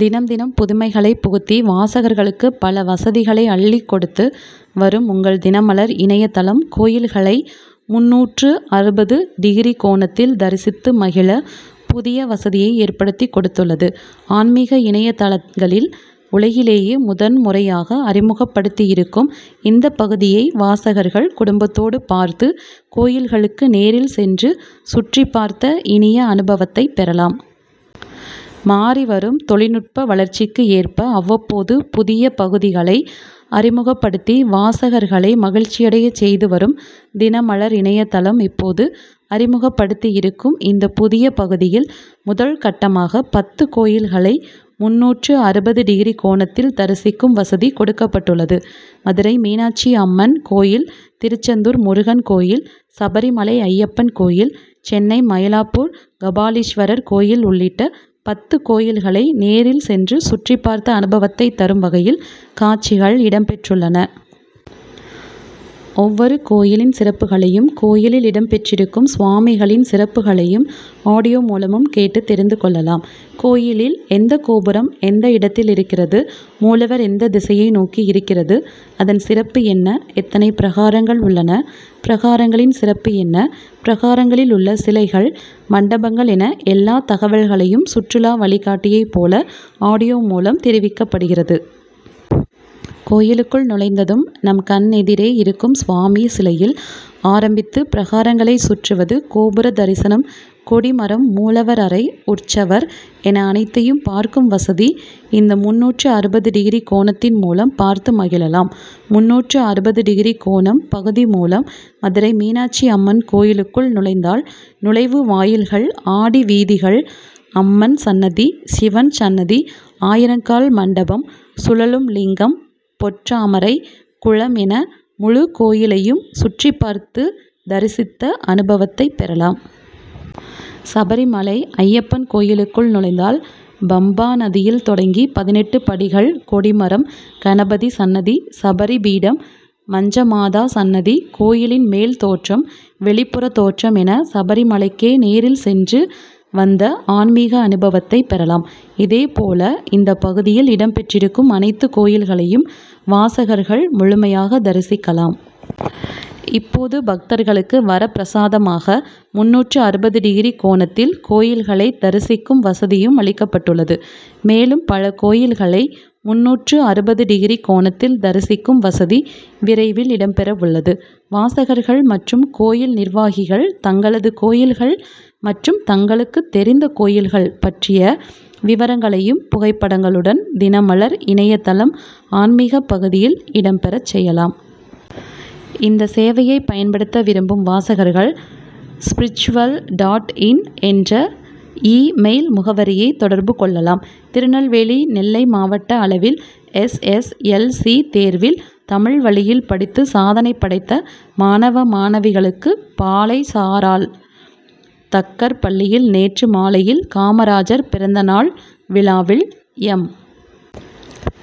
தினம் தினம் புதுமைகளை புகுத்தி வாசகர்களுக்கு பல வசதிகளை அள்ளிக் கொடுத்து வரும் உங்கள் தினமலர் இணைய தளம் கோயில்களை முன்னூற்று அறுபது டிகிரி கோணத்தில் தரிசித்து மகிழ புதிய வசதியை ஏற்படுத்திக் கொடுத்துள்ளது. ஆன்மிக இணைய தளங்களில் உலகிலேயே முதன் முறையாக அறிமுகப்படுத்தியிருக்கும் இந்த பகுதியை வாசகர்கள் குடும்பத்தோடு பார்த்து கோயில்களுக்கு நேரில் சென்று சுற்றிப்பார்த்த இனிய அனுபவத்தை பெறலாம். மாறிவரும் தொழில்நுட்ப வளர்ச்சிக்கு ஏற்ப அவ்வப்போது புதிய பகுதிகளை அறிமுகப்படுத்தி வாசகர்களை மகிழ்ச்சியடையச் செய்து வரும் தினமலர் இணைய தளம் இப்போது அறிமுகப்படுத்தியிருக்கும் இந்த புதிய பகுதியில் முதல் கட்டமாக பத்து கோயில்களை முன்னூற்று அறுபது டிகிரி கோணத்தில் தரிசிக்கும் வசதி கொடுக்கப்பட்டுள்ளது. மதுரை மீனாட்சி அம்மன் கோயில் திருச்செந்தூர் முருகன் கோயில் சபரிமலை ஐயப்பன் கோயில் சென்னை மயிலாப்பூர் கபாலீஸ்வரர் கோயில் உள்ளிட்ட பத்து கோயில்களை நேரில் சென்று சுற்றிப்பார்த்த அனுபவத்தை தரும் வகையில் காட்சிகள் இடம்பெற்றுள்ளன. ஒவ்வொரு கோயிலின் சிறப்புகளையும் கோயிலில் இடம்பெற்றிருக்கும் சுவாமிகளின் சிறப்புகளையும் ஆடியோ மூலமும் கேட்டுத் தெரிந்து கொள்ளலாம். கோயிலில் எந்த கோபுரம் எந்த இடத்தில் இருக்கிறது மூலவர் எந்த திசையை நோக்கி இருக்கிறது அதன் சிறப்பு என்ன எத்தனை பிரகாரங்கள் உள்ளன பிரகாரங்களின் சிறப்பு என்ன பிரகாரங்களில் உள்ள சிலைகள் மண்டபங்கள் என எல்லா தகவல்களையும் சுற்றுலா வழிகாட்டியைப் போல ஆடியோ மூலம் தெரிவிக்கப்படுகிறது. கோயிலுக்குள் நுழைந்ததும் நம் கண் எதிரே இருக்கும் சுவாமி சிலையில் ஆரம்பித்து பிரகாரங்களை சுற்றுவது கோபுர தரிசனம் கொடிமரம் மூலவர் அறை உற்சவர் என அனைத்தையும் பார்க்கும் வசதி இந்த முன்னூற்று அறுபது டிகிரி கோணத்தின் மூலம் பார்த்து மகிழலாம். முன்னூற்று அறுபது டிகிரி கோணம் பகுதி மூலம் மதுரை மீனாட்சி அம்மன் கோயிலுக்குள் நுழைந்தால் நுழைவு வாயில்கள் ஆடி வீதிகள் அம்மன் சன்னதி சிவன் சன்னதி ஆயிரங்கால் மண்டபம் சுழலும் லிங்கம் பொற்றாமரை குளம் என முழு கோயிலையும் சுற்றிப்பார்த்து தரிசித்த அனுபவத்தைப் பெறலாம். சபரிமலை ஐயப்பன் கோயிலுக்குள் நுழைந்தால் பம்பா நதியில் தொடங்கி பதினெட்டு படிகள் கொடிமரம் கணபதி சன்னதி சபரி பீடம் மஞ்சமாதா சன்னதி கோயிலின் மேல் தோற்றம் வெளிப்புற தோற்றம் என சபரிமலைக்கே நேரில் சென்று வந்த ஆன்மிக அனுபவத்தை பெறலாம். இதேபோல இந்த பகுதியில் இடம்பெற்றிருக்கும் அனைத்து கோயில்களையும் வாசகர்கள் முழுமையாக தரிசிக்கலாம். இப்போது பக்தர்களுக்கு வரப்பிரசாதமாக முன்னூற்று அறுபது டிகிரி கோணத்தில் கோயில்களை தரிசிக்கும் வசதியும் அளிக்கப்பட்டுள்ளது. மேலும் பல கோயில்களை முன்னூற்று அறுபது டிகிரி கோணத்தில் தரிசிக்கும் வசதி விரைவில் இடம்பெறவுள்ளது. வாசகர்கள் மற்றும் கோயில் நிர்வாகிகள் தங்களது கோயில்கள் மற்றும் தங்களுக்கு தெரிந்த கோயில்கள் பற்றிய விவரங்களையும் புகைப்படங்களுடன் தினமலர்இணைய தளம் ஆன்மிக பகுதியில் இடம்பெறச் செய்யலாம். இந்த சேவையை பயன்படுத்த விரும்பும் வாசகர்கள் ஸ்பிரிச்சுவல் டாட் இன் என்ற இ மெயில் முகவரியை தொடர்பு கொள்ளலாம். திருநெல்வேலி நெல்லை மாவட்ட அளவில் எஸ். எஸ். எல். சி தேர்வில் தமிழ் வழியில் படித்து சாதனை படைத்த மாணவ மாணவிகளுக்கு பாளை சாராள் தக்கர் பள்ளியில் நேற்று மாலையில் காமராஜர் பிறந்த நாள் விழாவில் எம்.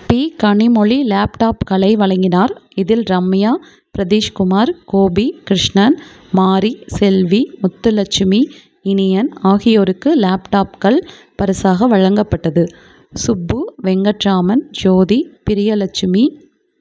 பி கனிமொழி லேப்டாப்களை வழங்கினார். இதில் ரம்யா பிரதீஷ்குமார் கோபி கிருஷ்ணன் மாரி செல்வி முத்துலட்சுமி இனியன் ஆகியோருக்கு லேப்டாப்கள் பரிசாக வழங்கப்பட்டது. சுப்பு வெங்கட்ராமன் ஜோதி பிரியலட்சுமி